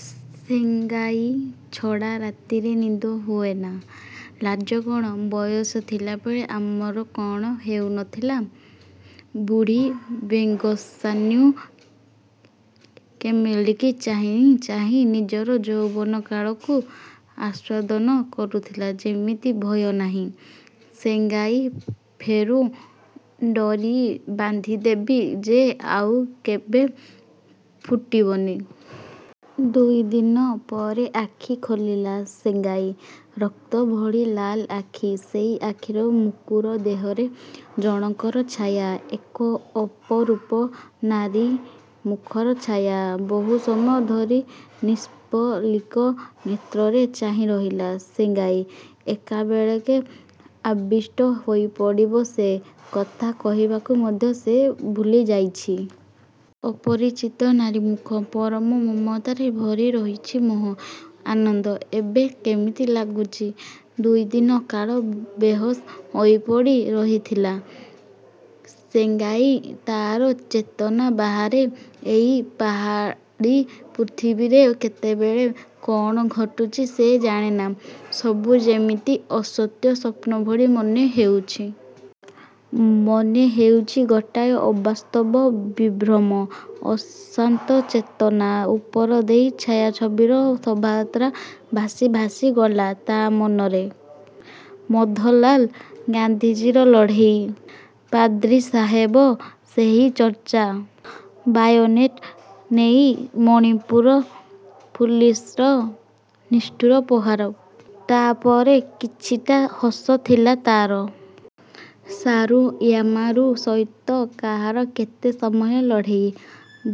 ସେଙ୍ଗାଇ ଛଡ଼ା ରାତିରେ ନିଦ ହୁଏନା! ଲାଜ କ'ଣ? ବୟସ ଥିଲାବେଳେ ଆମର କ'ଣ ହେଉ ନଥିଲା? ବୁଢ଼ୀ ବେଙ୍ଗସାନ୍ୟୁ କେମେଲୀକି ଚାହିଁ ଚାହିଁ ନିଜର ଯୌବନ କାଳକୁ ଆସ୍ୱାଦନ କରୁଥିଲା ଯେମିତି। ଭୟ ନାହିଁ। ସେଙ୍ଗାଇ ଫେରୁ, ଡ଼ୋରି ବାନ୍ଧିଦେବି ଯେ ଆଉ କେବେ ଫୁଟିବନି। ଦୁଇ ଦିନ ପରେ ଆଖି ଖୋଲିଲା ସେଙ୍ଗାଇ। ରକ୍ତ ଭଳି ଲାଲ ଆଖି। ସେଇ ଆଖିର ମୁକୁର ଦେହରେ ଜଣଙ୍କର ଛାୟା। ଏକ ଅପରୂପ ନାରୀମୁଖର ଛାୟା। ବହୁ ସମୟ ଧରି ନିଷ୍ପଲିକ ନେତ୍ରରେ ଚାହିଁ ରହିଲା ସେଙ୍ଗାଇ। ଏକାବେଳକେ ଆବିଷ୍ଟ ହୋଇପଡ଼ିବ ସେ। କଥା କହିବାକୁ ମଧ୍ୟ ସେ ଭୁଲିଯାଇଛି। ଅପରିଚିତ ନାରୀମୁଖ, ପରମ ମମତାରେ ଭରି ରହିଛି ମୋହ, ଆନନ୍ଦ। ଏବେ କେମିତି ଲାଗୁଚି? ଦୁଇଦିନ କାଳ ବେହୋସ ହୋଇପଡ଼ି ରହିଥିଲା ସେଙ୍ଗାଇ। ତାର ଚେତନା ବାହାରେ ଏଇ ପାହାଡ଼ୀ ପୃଥିବୀରେ କେତେବେଳେ କ'ଣ ଘଟୁଛି ସେ ଜାଣେନା। ସବୁ ଯେମିତି ଅସତ୍ୟ ସ୍ୱପ୍ନ ଭଳି ମନେ ହେଉଚି। ମନେ ହେଉଛି ଗୋଟାଏ ଅବାସ୍ତବ ବିଭ୍ରମ। ଅଶାନ୍ତ ଚେତନା ଉପର ଦେଇ ଛାୟାଛବିର ଶୋଭାଯାତ୍ରା ଭାସି ଭାସି ଗଲା ତା ମନରେ। ମଧୋଲାଲ। ଗାନ୍ଧିଜୀର ଲଢ଼େଇ। ପାଦ୍ରୀ ସାହେବ। ସେହି ଚର୍ଚ୍ଚା, ବାୟୋନେଟ ନେଇ ମଣିପୁର ପୁଲିସର ନିଷ୍ଠୁର ପ୍ରହାର। ତା ପରେ କିଛିଟା ହୋସ ଥିଲା ତାର। ସାରୁୟାମାରୁ ସହିତ କାହାର କେତେ ସମୟ ଲଢ଼େଇ,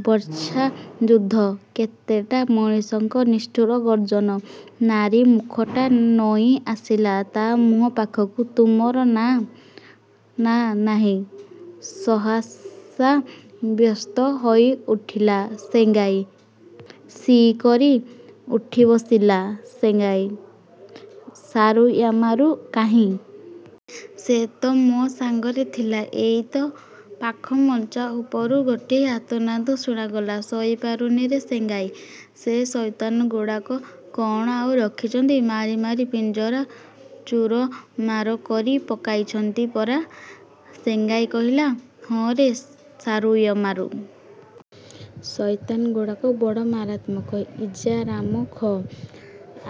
ବର୍ଚ୍ଛା ଯୁଦ୍ଧ। କେତେଟା ମଣିଷଙ୍କ ନିଷ୍ଠୁର ଗର୍ଜନ। ନାରୀ ମୁଖଟା ନଇଁ ଆସିଲା ତା ମୁହଁ ପାଖକୁ ତୁମର ନା? ନାଁ ନାହିଁ। ସହସା ବ୍ୟସ୍ତ ହୋଇଉଠିଲା ସେଙ୍ଗାଇ। ସିଁ କରି ଉଠିବସିଲା ସେଙ୍ଗାଇ। ସାରୁୟାମାରୁ କାହିଁ? ସେ ତ ମୋ ସାଙ୍ଗରେ ଥିଲା। ଏଇ ତ। ପାଖ ମଞ୍ଚା ଉପରୁ ଗୋଟିଏ ଆର୍ତ୍ତନାଦ ଶୁଣାଗଲା ଶୋଇ ପାରୁନି ରେ ସେଙ୍ଗାଇ। ସେ ସୟତାନଗୁଡ଼ାକ କ'ଣ ଆଉ ରଖିଛନ୍ତି? ମାରି ମାରି ପିଞ୍ଜରା ଚୁରମାର କରି ପକାଇଛନ୍ତି ପରା! ସେଙ୍ଗାଇ କହିଲା, ହଁ ରେ ସାରୁୟାମାରୁ! ସୟତାନଗୁଡ଼ାକ ବଡ଼ ମାରାତ୍ମକ। ଇଜା ରାମ ଖୋ!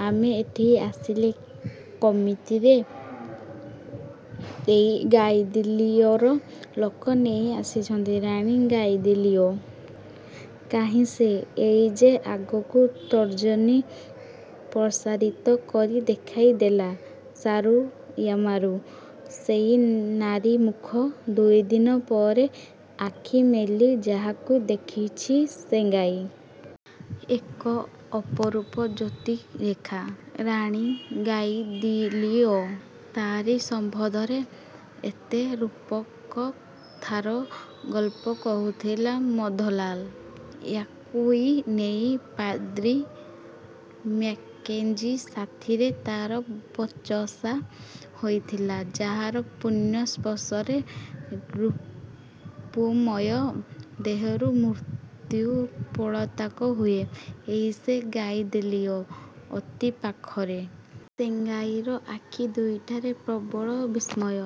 ଆମେ ଏଠିକି ଆସିଲେ କମିତି ରେ? ଏଇ ଗାଇଦିଲିଓର ଲୋକ ନେଇ ଆସିଛନ୍ତି। ରାଣୀ ଗାଇଦିଲିଓ! କାହିଁ ସେ? ଏଇ ଯେ ଆଗକୁ ତର୍ଜନୀ ପ୍ରସାରିତ କରି ଦେଖାଇ ଦେଲା ସାରୁୟାମାରୁ। ସେଇ ନାରୀମୁଖ, ଦୁଇଦିନ ପରେ ଆଖି ମେଲି ଯାହାକୁ ଦେଖିଛି ସେଙ୍ଗାଇ। ଏକ ଅପରୂପ ଜ୍ୟୋତିଃରେଖା। ରାଣୀ ଗାଇଦିଲିଓ! ତାରି ସମ୍ବନ୍ଧରେ ଏତେ ରୂପକଥାର ଗଳ୍ପ କହୁଥିଲା ମଧୋଲାଲ। ୟାକୁଇ ନେଇ ପାଦ୍ରୀ ମ୍ୟାକେଞ୍ଜି ସାଥିରେ ତାର ବଚସା ହୋଇଥିଲା। ଯାହାର ପୁଣ୍ୟ ସ୍ପର୍ଶରେ ରିପୁମୟ ଦେହରୁ ମୃତ୍ୟୁ ପଳାତକ ହୁଏ, ଏଇ ସେ ଗାଇଦିଲିଓ! ଅତି ପାଖରେ। ସେଙ୍ଗାଇର ଆଖି ଦୁଇଟାରେ ପ୍ରବଳ ବିସ୍ମୟ।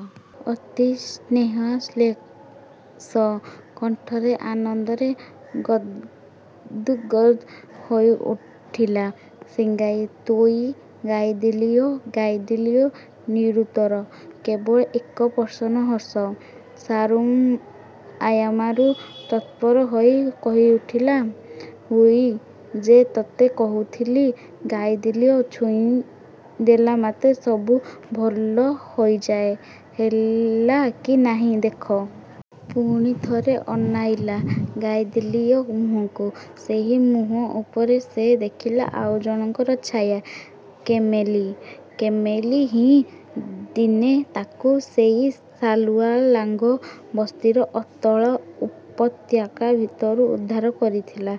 ଅତି ସ୍ନେହାଶ୍ଳେଷ କଣ୍ଠରେ ଆନନ୍ଦରେ ଗଦ୍ଗଦ୍ ହୋଇଉଠିଲା ସେଙ୍ଗାଇ। ତୁଇ ଗାଇଦିଲିଓ। ଗାଇଦିଲିଓ ନିରୁତ୍ତର। କେବଳ ଏକ ପ୍ରସନ୍ନ ହସ। ସାରୁୟାମାରୁ ତତ୍ପର ହୋଇ କହିଉଠିଲା ହୁଇ ଯେ ତୋତେ କହୁଥିଲି ଗାଇଦିଲିଓ ଛୁଇଁ ଦେଲାମାତ୍ରେ ସବୁ ଭଲ ହୋଇଯାଏ, ହେଲା କି ନାହିଁ ଦେଖ। ପୁଣି ଥରେ ଅନାଇଲା ଗାଇଦିଲିଓ ମୁହଁକୁ। ସେଇ ମୁହଁ ଉପରେ ସେ ଦେଖିଲା ଆଉ ଜଣଙ୍କର ଛାୟା, କେମେଲୀ। କେମେଲୀ ହିଁ ଦିନେ ତାକୁ ସେଇ ସାଲୁଆଲାଙ୍ଗ ବସ୍ତିର ଅତଳ ଉପତ୍ୟକା ଭିତରୁ ଉଦ୍ଧାର କରିଥିଲା।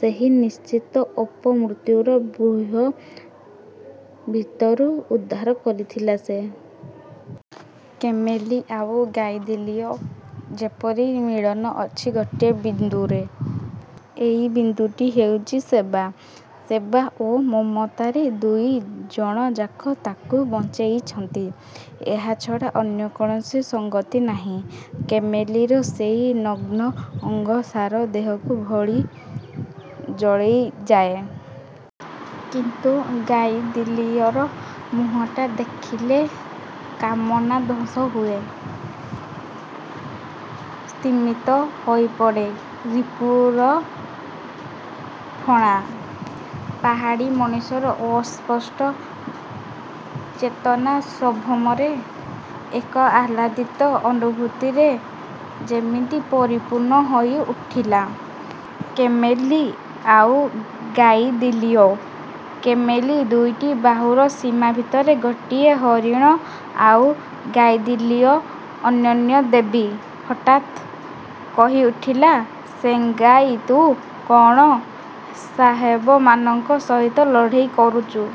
ସେହି ନିଶ୍ଚିତ ଅପମୃତ୍ୟୁର ବ୍ୟୁହ ଭିତରୁ ଉଦ୍ଧାର କରିଥିଲା ସେ। କେମେଲୀ ଆଉ ଗାଇଦିଲିଓ ଯେପରି ମିଳନ ଅଛି ଗୋଟିଏ ବିନ୍ଦୁରେ। ଏଇ ବିନ୍ଦୁଟି ହେଉଚି ସେବା। ସେବା ଓ ମମତାରେ ଦୁଇ ଜଣଯାକ ତାକୁ ବଞ୍ଚେଇଛନ୍ତି। ଏହା ଛଡ଼ା ଅନ୍ୟ କୌଣସି ସଙ୍ଗତି ନାହିଁ। କେମେଲୀର ସେଇ ନଗ୍ନ ଅଙ୍ଗ ସାରା ଦେହକୁ ଭଳି ଜଳେଇଯାଏ। କିନ୍ତୁ ଗାଇଦିଲିଓର ମୁହଁଟା ଦେଖିଲେ କାମନା ଧ୍ୱଂସ ହୁଏ। ସ୍ତମିତ ହୋଇପଡ଼େ ରିପୁର ଫଣା। ପାହାଡ଼ୀ ମଣିଷର ଅସ୍ପଷ୍ଟ ଚେତନା ସଂଭ୍ରମରେ, ଏକ ଆହ୍ଲାଦିତ ଅନୁଭୂତିରେ ଯେମିତି ପରିପୂର୍ଣ୍ଣ ହୋଇଉଠିଲା। କେମେଲୀ ଆଉ ଗାଇଦିଲିଓ। କେମେଲୀ ଦୁଇଟି ବାହୁର ସୀମା ଭିତରେ ଗୋଟିଏ ହରିଣ ଆଉ ଗାଇଦିଲିଓ ଅନନ୍ୟା, ଦେବୀ! ହଠାତ୍ କହି ଉଠିଲା ସେଙ୍ଗାଇତୁ କ'ଣ ସାହେବମାନଙ୍କ ସହିତ ଲଢ଼େଇ କରୁଚୁ?